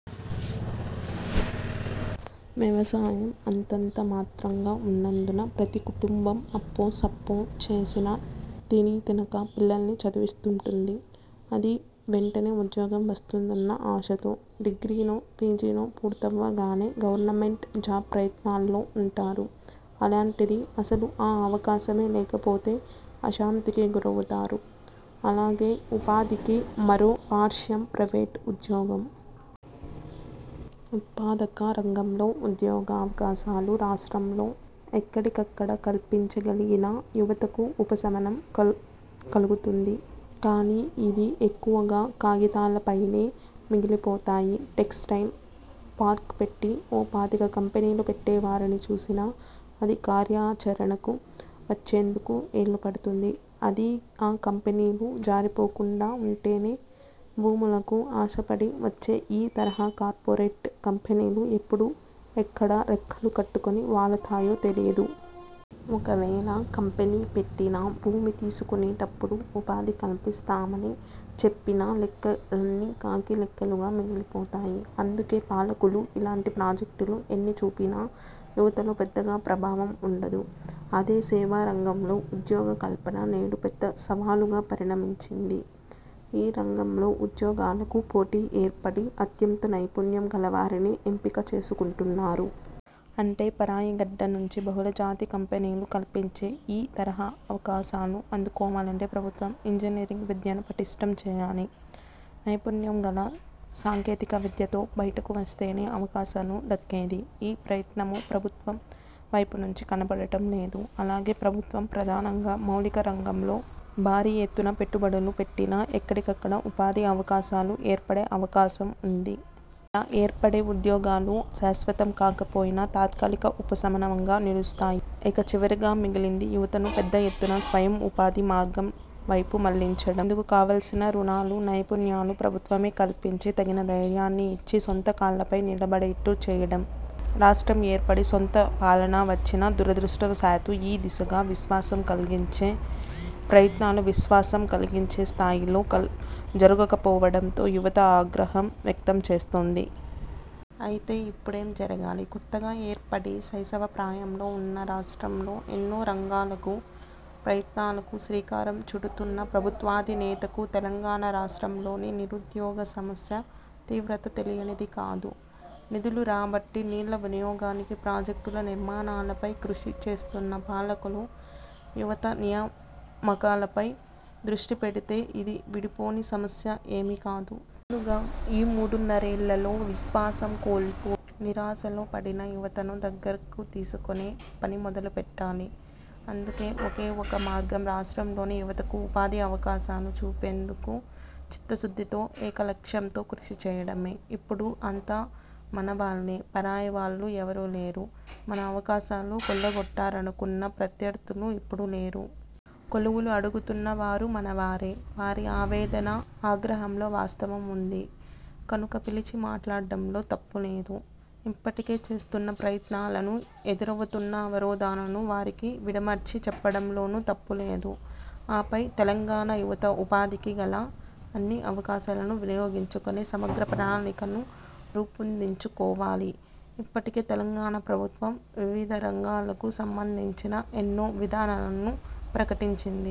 వ్యవసాయం అంతంత మాత్రంగా ఉన్నందున ప్రతి కుటుంబం అప్పో సప్పో చేసిన తినీతినక పిల్లల్ని చదివిస్తుంటుంది. అదీ వెంటనే ఉద్యోగం వస్తుందన్న ఆశతో. డిగ్రీనో, పీజీనో పూర్తవ్వగానే గవర్నమెంట్ జాబ్ ప్రయత్నాల్లో ఉంటారు. అలాంటిది అసలు ఆ అవకాశమే లేకపోతే అశాంతికి గురవుతారు. అలాగే ఉపాధికి మరో పార్శ్యం ప్రైవేట్ ఉద్యోగం. ఉత్పాదక రంగంలో ఉద్యోగావకాశాలు రాష్ట్రంలో ఎక్కడికక్కడ కల్పించగలిగినా యువతకు ఉపశమనం కలుగుతుంది. కానీ ఇవి ఎక్కువగా కాగితాలపైనే మిగిలిపోతాయి. టెక్స్టైల్ పార్క్ పెట్టి ఓ పాతిక కంపెనీలు పెట్టేవారిని చూసినా అది కార్యాచరణకు వచ్చేందుకు ఏళ్లు పడుతుంది. అదీ ఆ కంపెనీలు జారిపోకుండా ఉంటేనే. భూములకు ఆశపడి వచ్చే ఈ తరహా కార్పొరేట్ కంపెనీలు ఎప్పుడు ఎక్కడ రెక్కలు కట్టుకొని వాలతాయో తెలియదు. ఒకవేళ కంపెనీ పెట్టినా భూమి తీసుకునేటప్పుడు ఉపాధి కల్పిస్తామని చెప్పినా లెక్కలన్నీ కాకి లెక్కలుగా మిగిలిపోతాయి. అందుకే పాలకులు ఇలాంటి ప్రాజెక్టులు ఎన్ని చూపినా యువతలో పెద్దగా ప్రభావం ఉండదు. అదే సేవారంగంలో ఉద్యోగ కల్పన నేడు పెద్ద సవాలుగా పరిణమించింది. ఈ రంగంలో ఉద్యోగాలకు పోటీ ఏర్పడి అత్యంత నైపుణ్యం గలవారినే ఎంపిక చేసుకుంటున్నారు. అంటే పరాయిగడ్డ నుంచి బహుళజాతి కంపెనీలు కల్పించే ఈ తరహా అవకాశాలు అందుకోవాలంటే ప్రభుత్వం ఇంజనీ రింగ్ విద్యను పటిష్ఠం చేయాలి. నైపుణ్యం గల సాంకేతిక విద్యతో బయటకు వస్తేనే అవకాశాలు దక్కేది. ఈ ప్రయత్నమూ ప్రభుత్వం వైపు నుంచి కనపడటం లేదు. అలాగే, ప్రభుత్వం ప్రధానంగా మౌలిక రంగంలో భారీ ఎత్తున పెట్టుబడులు పెట్టినా ఎక్కడికక్కడ ఉపాధి అవకాశాలు ఏర్పడే అవకాశం ఉంది. ఇలా ఏర్పడే ఉద్యోగాలు శాశ్వతం కాకపోయినా తాత్కాలిక ఉపశమనంగా నిలుస్తాయి. ఇక చివరగా మిగిలింది యువతను పెద్ద ఎత్తున స్వయం ఉపాధి మార్గం వైపు మళ్లించడం. ఇందుకు కావలసిన రుణాలు, నైపుణ్యాలు ప్రభుత్వమే కల్పించి తగిన ధైర్యాన్ని ఇచ్చి సొంతకాళ్లపై నిలబడేట్టు చేయడం. రాష్ట్రం ఏర్పడి, సొంత పాలన వచ్చినా దురదృష్టవశాత్తు ఈ దిశగా విశ్వాసం కల్గించే ప్రయత్నాలు విశ్వాసం కలిగించే స్థాయిలో జరుగకపోవడంతో యువత ఆగ్రహం వ్యక్తం చేస్తోంది. అయితే, ఇప్పుడేం జరగాలి? కొత్తగా ఏర్పడి శైశవ ప్రాయంలో ఉన్న రాష్ట్రంలో ఎన్నో రంగాలకు, ప్రయత్నాలకు శ్రీకారం చుడుతున్న ప్రభుత్వాధినేతకు తెలంగాణ రాష్ట్రంలోని నిరుద్యోగ సమస్య తీవ్రత తెలియనిది కాదు. నిధులు రాబట్టి, నీళ్ల వినియోగానికి ప్రాజెక్టుల నిర్మాణాలపై కృషి చేస్తున్న పాలకులు యువత నియామకాలపై దృష్టి పెడితే ఇది విడిపోని సమస్య ఏమీకాదు. ముందుగా ఈ మూడున్నరేళ్లలో విశ్వాసం కోల్పోయి నిరాశలో పడిన యువతను దగ్గరకు తీసుకునే పని మొదలుపెట్టాలి. అందుకే ఒకే ఒక మార్గం రాష్ట్రంలోని యువతకు ఉపాధి అవకాశాలు చూపేందుకు చిత్తశుద్ధితో ఏకలక్ష్యంతో కృషి చేయడమే. ఇప్పుడు అంతా మన వాళ్లే, పరాయివాళ్లు ఎవరూ లేరు. మన అవకాశాలు కొల్లగొట్టారనుకున్న ప్రత్యర్థులు ఇప్పుడు లేరు. కొలువులు అడుగుతున్నవారు మనవారే. వారి ఆవేదన, ఆగ్రహంలో వాస్తవం ఉంది. కనుక పిలిచి మాట్లాడటంలో తప్పులేదు. ఇప్పటికే చేస్తున్న ప్రయత్నాలను, ఎదురవుతున్న అవరోధాలను వారికి విడమర్చి చెప్పడంలోనూ తప్పులేదు. ఆపై తెలంగాణ యువత ఉపాధికి గల అన్ని అవకాశాలను వినియోగించుకునే సమగ్ర ప్రణాళికను రూపొందించుకోవాలి. ఇప్పటికే తెలంగాణ ప్రభుత్వం వివిధ రంగాలకు సంబంధించిన ఎన్నో విధానాలను ప్రకటించింది.